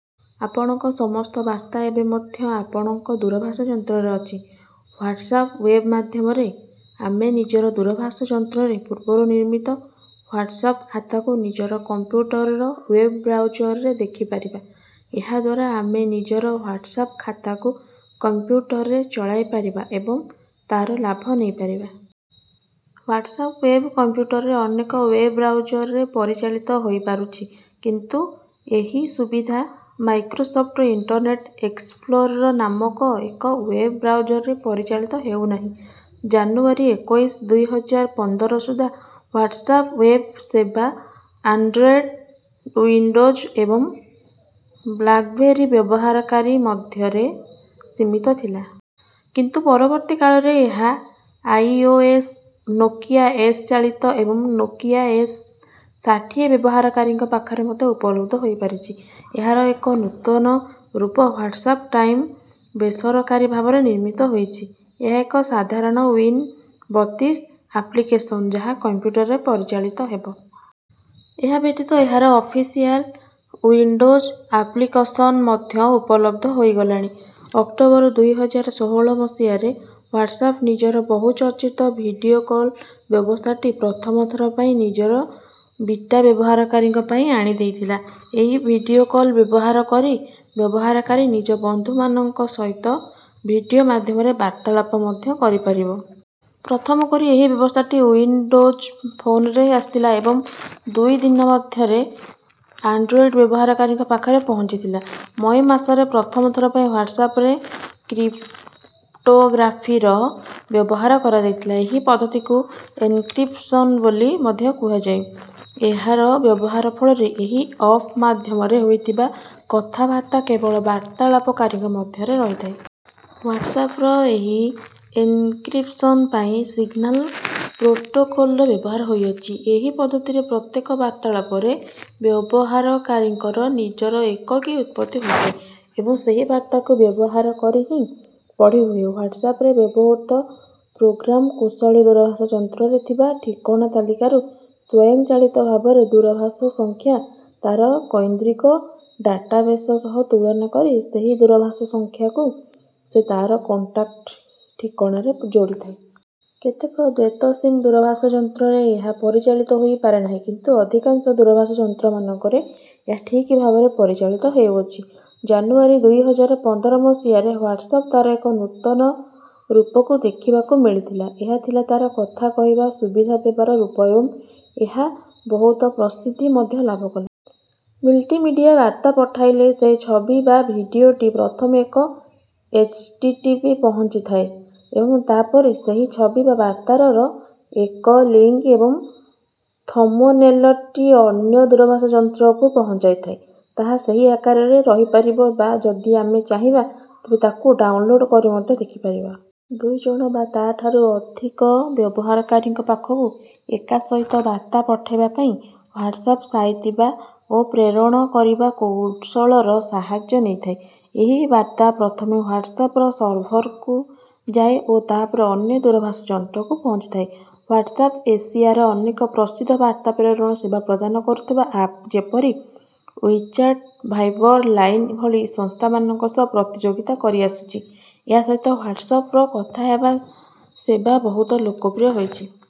ଆପଣଙ୍କ ସମସ୍ତ ବାର୍ତ୍ତା ଏବେ ମଧ୍ୟ ଆପଣଙ୍କ ଦୂରଭାଷ ଯନ୍ତ୍ରରେ ଅଛି। ହ୍ୱାଟ୍ସଆପ ୱେବ୍ ମାଧ୍ୟମରେ ଆମେ ନିଜର ଦୂରଭାଷ ଯନ୍ତ୍ରରେ ପୂର୍ବରୁ ନିର୍ମିତ ହ୍ୱାଟ୍ସଆପ ଖାତାକୁ ନିଜର କମ୍ପ୍ୟୁଟରର ୱେବ ବ୍ରାଉଜରରେ ଦେଖିପାରିବା। ଏହାଦ୍ୱାରା ଆମେ ନିଜର ହ୍ୱାଟ୍ସଆପ ଖାତାକୁ କମ୍ପ୍ୟୁଟରରେ ଚଳାଇପାରିବା ଏବଂ ତାର ଲାଭ ନେଇପାରିବା। ହ୍ୱାଟ୍ସଆପ ୱେବ୍ କମ୍ପ୍ୟୁଟରରେ ଅନେକ ୱେବ୍ ବ୍ରାଉଜରେ ପରିଚାଳିତ ହୋଇପାରୁଛି କିନ୍ତୁ ଏହି ସୁବିଧା ମାଇକ୍ରୋସଫ୍ଟ୍ ଇଣ୍ଟରନେଟ ଏକ୍ସପ୍ଲୋରର୍ ନାମକ ଏକ ୱେବ୍ ବ୍ରାଉଜରରେ ପରିଚାଳିତ ହେଉନାହିଁ। ଜାନୁଆରୀ ଏକୋଇଶ ଦୁଇ ହଜାର ପନ୍ଦର ସୁଦ୍ଧା ହ୍ୱାଟ୍ସଆପ ୱେବ୍ ସେବା ଆଣ୍ଡ୍ରଏଡ୍ ଓ୍ବିଣ୍ଡୋଜ୍ ଏବଂ ବ୍ଲାକବେରୀ ବ୍ୟବହାରକାରୀ ମଧ୍ୟରେ ସୀମିତ ଥିଲା। କିନ୍ତୁ ପରବର୍ତ୍ତୀ କାଳରେ ଏହା I. O. S Nokia S ଚାଳିତ ଏବଂ ନୋକିଆ ଏସ୍ ଷାଠିଏ ବ୍ୟବହାରକାରୀଙ୍କ ପାଖରେ ମଧ୍ୟ ଉପଲବ୍ଧ ହୋଇପାରିଛି। ଏହାର ଏକ ନୂତନ ରୂପ ହ୍ୱାଟ୍ସଆପ ଟାଇମ୍ ବେସରକାରୀ ଭାବରେ ନିର୍ମିତ ହୋଇଛି। ଏହା ଏକ ସାଧାରଣ ଓ୍ବିନ୍ ବତିଶ ଆପ୍ଲିକେସନ୍ ଯାହା କମ୍ପ୍ୟୁଟରରେ ପରିଚାଳିତ ହେବ। ଏହା ବ୍ୟତିତ ଏହାର ଅଫିସିଆଲ ଉଇଣ୍ଡୋଜ ଆପ୍ଲିକସନ ମଧ୍ୟ ଉପଲବଦ୍ଧ ହୋଇଗଲାଣି। ଅକ୍ଟୋବର ଦୁଇ ହଜାର ଷୋହଳ ମସିହାରେ ହ୍ୱାଟ୍ସଆପ ନିଜର ବହୁ ଚର୍ଚିତ ଭିଡିଓ କଲ ବ୍ୟବସ୍ଥାଟି ପ୍ରଥମଥର ପାଇଁ ନିଜର ବିଟା ବ୍ୟବହାରକାରୀଙ୍କ ପାଇଁ ଆଣି ଦେଇଥିଲା। ଏହି ଭିଡିଓ କଲ ବ୍ୟବହାର କରି ବ୍ୟବହାରକାରୀ ନିଜ ବନ୍ଧୁ ମାନଙ୍କ ସହିତ ଭିଡିଓ ମାଧ୍ୟମରେ ବାର୍ତ୍ତାଳାପ ମଧ୍ୟ କରିପାରିବ। ପ୍ରଥମ କରି ଏହି ବ୍ୟବସ୍ଥାଟି ଉଇନ୍ ଡୋଜ୍ ଫୋନରେ ଆସିଥିଲା ଏବଂ ଦୁଇ ଦିନ ମଧ୍ୟରେ ଆଣ୍ଡ୍ରୋଏଡ ବ୍ୟବହାରକାରୀଙ୍କ ପାଖରେ ପହଞ୍ଚିଥିଲା। ମଇ ମାସରେ ପ୍ରଥମ ଥର ପାଇଁ ହ୍ୱାଟ୍ସଆପରେ କ୍ରିପ୍ଟୋଗ୍ରାଫିର ବ୍ୟବହାର କରାଯାଇଥିଲା। ଏହି ପଦ୍ଧତିକୁ ଏନ୍କ୍ରିପସନ୍ ବୋଲି ମଧ୍ୟ କୁହାଯାଏ। ଏହାର ବ୍ୟବହାର ଫଳରେ ଏହି ଅପ ମାଧ୍ୟମରେ ହୋଇଥିବା କଥା ବାର୍ତ୍ତା କେବଳ ବାର୍ତ୍ତାଳାପକାରୀଙ୍କ ମଧ୍ୟରେ ରହିଥାଏ। ହ୍ୱାଟ୍ସଆପର ଏହି ଏନ୍କ୍ରିପସନ୍ ପାଇଁ ସିଗନାଲ ପ୍ରୋଟୋକଲର ବ୍ୟବହାର ହୋଇଅଛି। ଏହି ପଦ୍ଧତିରେ ପ୍ରତ୍ୟେକ ବାର୍ତ୍ତାଳାପରେ ବ୍ୟବହାରକାରୀଙ୍କର ନିଜର ଏକକୀ ଉତ୍ପତ୍ତି ହୋଇଥାଏ। ଏବଂ ସେହି ବାର୍ତ୍ତାକୁ ବ୍ୟବହାରକରି ହିଁ ପଢି ହୁଏ। ହ୍ୱାଟ୍ସଆପରେ ବ୍ୟବହୃତ ପ୍ରୋଗ୍ରାମ କୁଶଳୀ ଦୂରଭାଷ ଯନ୍ତ୍ରରେ ଥିବା ଠିକଣା ତାଲିକାରୁ ସ୍ୱୟଂଚାଳିତ ଭାବରେ ଦୂରଭାଷ ସଂଖ୍ୟା ତାର କୈନ୍ଦ୍ରିକ ଡାଟାବେଶ ସହ ତୁଳନା କରି ସେହି ଦୂରଭାଷ ସଂଖ୍ୟାକୁ ସେ ତାର କଣ୍ଟାକ୍ଟ ଠିକଣାରେ ଯୋଡି ଥାଏ। କେତେକ ଦ୍ୱୈତ ସିମ୍ ଦୂରଭାଷ ଯନ୍ତ୍ରରେ ଏହା ପରିଚାଳିତ ହୋଇ ପାରେନାହିଁ କିନ୍ତୁ ଅଧିକାଂଶ ଦୂରଭାଷ ଯନ୍ତ୍ରମାନଙ୍କରେ ଏହା ଠିକ ଭାବରେ ପରିଚାଳିତ ହେଉଅଛି। ଜାନୁଆରୀ ଦୁଇ ହଜାର ପନ୍ଦର ମସିହାରେ ହ୍ୱାଟ୍ସଆପ ତାର ଏକ ନୂତନ ରୂପକୁ ଦେଖିବାକୁ ମିଳିଥିଲା। ଏହା ଥିଲା ତାର କଥା କହିବା ସୁବିଧା ଦେବାର ରୂପ ଏବଂ ଏହା ବହୁତ ପ୍ରସିଦ୍ଧି ମଧ୍ୟ ଲାଭ କଲା। ମଲ୍ଟି ମିଡିଆ ବାର୍ତ୍ତା ପଠାଇଲେ ସେ ଛବି ବା ଭିଡିଓଟି ପ୍ରଥମେ ଏକ ଏଚଟିଟିପି ପହଞ୍ଚିଥାଏ ଏବଂ ତାପରେ ସେହି ଛବି ବା ବାର୍ତ୍ତାରର ଏକ ଲିଙ୍କ ଏବଂ ଥମ୍ବନେଲଟି ଅନ୍ୟ ଦୂରଭାଷ ଯନ୍ତ୍ରକୁ ପହଞ୍ଚିଥାଏ। ତାହା ସେହି ଆକାରରେ ରହିପାରିବ ବା ଯଦି ଆମେ ଚାହିଁବା ତେବେ ତାକୁ ଡାଉନଲୋଡ କରି ମଧ୍ୟ ଦେଖି ପାରିବା। ଦୁଇ ଜଣ ବା ତା ଠାରୁ ଅଧିକ ବ୍ୟବହାରକାରୀଙ୍କ ପାଖକୁ ଏକାସହିତ ବାର୍ତ୍ତା ପଠେଇବାପାଇଁ ହ୍ୱାଟ୍ସଆପ ସାଇତିବା ଓ ପ୍ରେରଣ କରିବା କୌଶଳର ସାହାଯ୍ୟ ନେଇଥାଏ। ଏହି ବାର୍ତ୍ତା ପ୍ରଥମେ ହ୍ୱାଟ୍ସଆପର ସର୍ଭରକୁ ଯାଏ ଓ ତା ପରେ ଅନ୍ୟ ଦୂରଭାଷ ଯନ୍ତ୍ରକୁ ପହଞ୍ଚିଥାଏ। ହ୍ୱାଟ୍ସଆପ ଏସିଆର ଅନେକ ପ୍ରସିଦ୍ଧ ବାର୍ତ୍ତା ପ୍ରେରଣ ସେବା ପ୍ରଦାନ କରୁଥିବା ଆପ୍ ଯେପରି ଉଇ ଚାଟ୍ ଭାଇବର୍ ଲାଇନ ଭଳି ସଂସ୍ଥାମାନଙ୍କ ସହ ପ୍ରତିଯୋଗିତା କରିଆସୁଛି। ଏହା ସହିତ ହ୍ୱାଟ୍ସଆପର କଥା ହେବା ସେବା ବହୁତ ଲୋକପ୍ରିୟ ହୋଇଛି।